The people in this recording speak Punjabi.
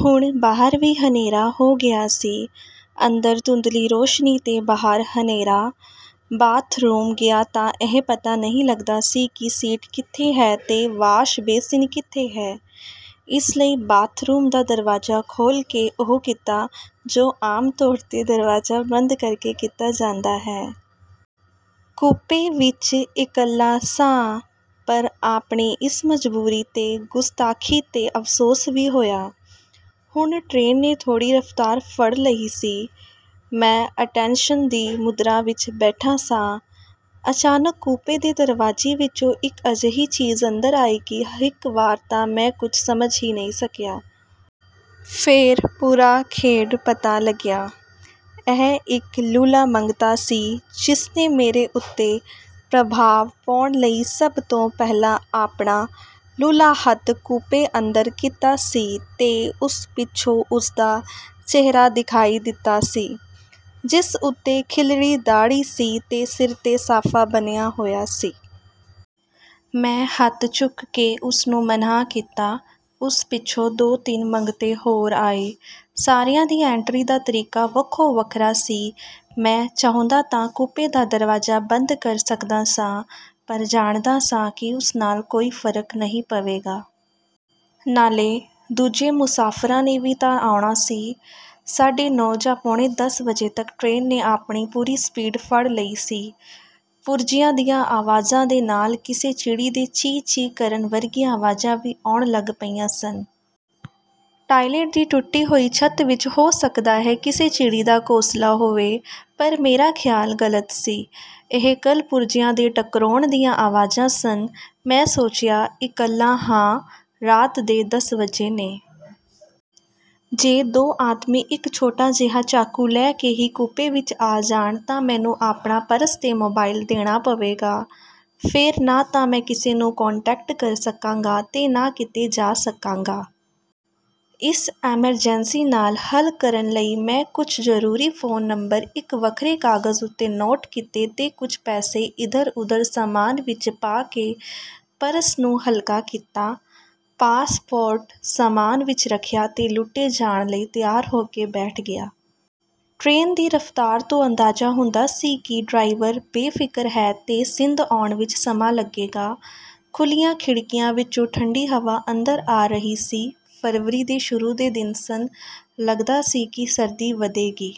ਹੁਣ ਬਾਹਰ ਵੀ ਹਨੇਰਾ ਹੋ ਗਿਆ ਸੀ। ਅੰਦਰ ਧੁੰਦਲੀ ਰੋਸ਼ਨੀ ਸੀ ਤੇ ਬਾਹਰ ਹਨੇਰਾ। ਬਾਥਰੂਮ ਗਿਆ ਤਾਂ ਇਹ ਪਤਾ ਨਹੀਂ ਲੱਗਦਾ ਸੀ ਕਿ ਸੀਟ ਕਿੱਥੇ ਹੈ ਤੇ ਵਾਸ਼ ਬੇਸਿਨ ਕਿੱਥੇ ਹੈ। ਇਸ ਲਈ ਬਾਥਰੂਮ ਦਾ ਦਰਵਾਜ਼ਾ ਖੋਲ੍ਹ ਕੇ ਉਹ ਕੀਤਾ, ਜੋ ਆਮ ਤੌਰ 'ਤੇ ਦਰਵਾਜ਼ਾ ਬੰਦ ਕਰਕੇ ਕੀਤਾ ਜਾਂਦਾ ਹੈ। ਕੂਪੇ ਵਿਚ ਇਕੱਲਾ ਸਾਂ, ਪਰ ਆਪਣੀ ਇਸ ਮਜਬੂਰੀ ਤੇ ਗੁਸਤਾਖ਼ੀ 'ਤੇ ਅਫ਼ਸੋਸ ਵੀ ਹੋਇਆ। ਹੁਣ ਟਰੇਨ ਨੇ ਥੋੜ੍ਹੀ ਰਫ਼ਤਾਰ ਫੜ੍ਹ ਲਈ ਸੀ। ਮੈਂ ਅਟੈਨਸ਼ਨ ਦੀ ਮੁਦਰਾ ਵਿਚ ਬੈਠਾ ਸਾਂ। ਅਚਾਨਕ ਕੂਪੇ ਦੇ ਦਰਵਾਜ਼ੇ ਵਿਚੋਂ ਇਕ ਅਜਿਹੀ ਚੀਜ਼ ਅੰਦਰ ਆਈ ਕਿ ਇਕ ਵਾਰ ਤਾਂ ਮੈਂ ਕੁਝ ਸਮਝ ਹੀ ਨਹੀਂ ਸਕਿਆ। ਫੇਰ ਪੂਰਾ ਖੇਡ ਪਤਾ ਲੱਗਿਆ। ਇਹ ਇਕ ਲੂਲ੍ਹਾ ਮੰਗਤਾ ਸੀ, ਜਿਸਨੇ ਮੇਰੇ ਉੱਤੇ ਪ੍ਰਭਾਵ ਪਾਉਣ ਲਈ ਸਭ ਤੋਂ ਪਹਿਲਾਂ ਆਪਣਾ ਲੂਲ੍ਹਾ ਹੱਥ ਕੂਪੇ ਅੰਦਰ ਕੀਤਾ ਸੀ ਤੇ ਉਸ ਪਿੱਛੋਂ ਉਸਦਾ ਚਿਹਰਾ ਦਿਖਾਈ ਦਿੱਤਾ ਸੀ, ਜਿਸ ਉੱਤੇ ਖਿੱਲਰੀ ਦਾੜ੍ਹੀ ਸੀ ਤੇ ਸਿਰ 'ਤੇ ਸਾਫ਼ਾ ਬੰਨ੍ਹਿਆ ਹੋਇਆ ਸੀ। ਮੈਂ ਹੱਥ ਚੁੱਕ ਕੇ ਉਸਨੂੰ ਮਨ੍ਹਾਂ ਕੀਤਾ। ਉਸ ਪਿੱਛੋਂ ਦੋ-ਤਿੰਨ ਮੰਗਤੇ ਹੋਰ ਆਏ। ਸਾਰਿਆਂ ਦੀ ਐਂਟਰੀ ਦਾ ਤਰੀਕਾ ਵੱਖੋ-ਵੱਖਰਾ ਸੀ। ਮੈਂ ਚਾਹੁੰਦਾ ਤਾਂ ਕੂਪੇ ਦਾ ਦਰਵਾਜ਼ਾ ਬੰਦ ਕਰ ਸਕਦਾ ਸਾਂ, ਪਰ ਜਾਣਦਾ ਸਾਂ ਕਿ ਉਸ ਨਾਲ ਕੋਈ ਫ਼ਰਕ ਨਹੀਂ ਪਵੇਗਾ। ਨਾਲੇ, ਦੂਜੇ ਮੁਸਾਫ਼ਰਾਂ ਨੇ ਵੀ ਤਾਂ ਆਉਣਾ ਸੀ। ਸਾਢੇ ਨੌਂ ਜਾਂ ਪੌਣੇ ਦਸ ਵਜੇ ਤੱਕ ਟਰੇਨ ਨੇ ਆਪਣੀ ਪੂਰੀ ਸਪੀਡ ਫੜ੍ਹ ਲਈ ਸੀ। ਪੁਰਜ਼ਿਆਂ ਦੀਆਂ ਆਵਾਜ਼ਾਂ ਦੇ ਨਾਲ ਕਿਸੇ ਚਿੜੀ ਦੇ ਚੀਂ-ਚੀਂ ਕਰਨ ਵਰਗੀਆਂ ਆਵਾਜ਼ਾਂ ਵੀ ਆਉਣ ਲੱਗ ਪਈਆਂ ਸਨ। ਟਾਇਲਟ ਦੀ ਟੁੱਟੀ ਹੋਈ ਛੱਤ ਵਿਚ ਹੋ ਸਕਦਾ ਹੈ ਕਿਸੇ ਚਿੜੀ ਦਾ ਘੋਂਸਲਾ ਹੋਵੇ। ਪਰ ਮੇਰਾ ਖ਼ਿਆਲ ਗ਼ਲਤ ਸੀ। ਇਹ ਕਲ-ਪੁਰਜ਼ਿਆਂ ਦੇ ਟਕਰਾਉਣ ਦੀਆਂ ਆਵਾਜ਼ਾਂ ਸਨ। ਮੈਂ ਸੋਚਿਆ, ਇਕੱਲਾ ਹਾਂ। ਰਾਤ ਦੇ ਦਸ ਵੱਜੇ ਨੇ। ਜੇ ਦੋ ਆਦਮੀ ਇਕ ਛੋਟਾ ਜਿਹਾ ਚਾਕੂ ਲੈ ਕੇ ਹੀ ਕੂਪੇ ਵਿਚ ਆ ਜਾਣ ਤਾਂ ਮੈਨੂੰ ਆਪਣਾ ਪਰਸ ਤੇ ਮੋਬਾਇਲ ਦੇਣਾ ਪਵੇਗਾ। ਫੇਰ ਨਾ ਤਾਂ ਮੈਂ ਕਿਸੇ ਨੂੰ 'ਕਾਨਟੈਕਟ' ਕਰ ਸਕਾਂਗਾ ਤੇ ਨਾ ਕਿਤੇ ਜਾ ਸਕਾਂਗਾ। ਇਸ ਐਮਰਜੈਂਸੀ ਨਾਲ ਹੱਲ ਕਰਨ ਲਈ ਮੈਂ ਕੁਝ ਜ਼ਰੂਰੀ ਫ਼ੋਨ ਨੰਬਰ ਇੱਕ ਵੱਖਰੇ ਕਾਗਜ਼ ਉੱਤੇ ਨੋਟ ਕੀਤੇ ਤੇ ਕੁਝ ਪੈਸੇ ਇਧਰ-ਉਧਰ ਸਾਮਾਨ ਵਿਚ ਪਾ ਕੇ ਪਰਸ ਨੂੰ ਹਲਕਾ ਕੀਤਾ। ਪਾਸਪੋਰਟ ਸਾਮਾਨ ਵਿਚ ਰੱਖਿਆ ਤੇ ਲੁੱਟੇ ਜਾਣ ਲਈ ਤਿਆਰ ਹੋ ਕੇ ਬੈਠ ਗਿਆ। ਟਰੇਨ ਦੀ ਰਫ਼ਤਾਰ ਤੋਂ ਅੰਦਾਜ਼ਾ ਹੁੰਦਾ ਸੀ ਕਿ ਡਰਾਈਵਰ ਬੇਫ਼ਿਕਰ ਹੈ ਤੇ ਸਿੰਧ ਆਉਣ ਵਿਚ ਸਮਾਂ ਲੱਗੇਗਾ। ਖੁੱਲ੍ਹੀਆਂ ਖਿੜਕੀਆਂ ਵਿਚੋਂ ਠੰਡੀ ਹਵਾ ਅੰਦਰ ਆ ਰਹੀ ਸੀ। ਫ਼ਰਵਰੀ ਦੇ ਸ਼ੁਰੂ ਦੇ ਦਿਨ ਸਨ। ਲੱਗਦਾ ਸੀ ਕਿ ਸਰਦੀ ਵਧੇਗੀ।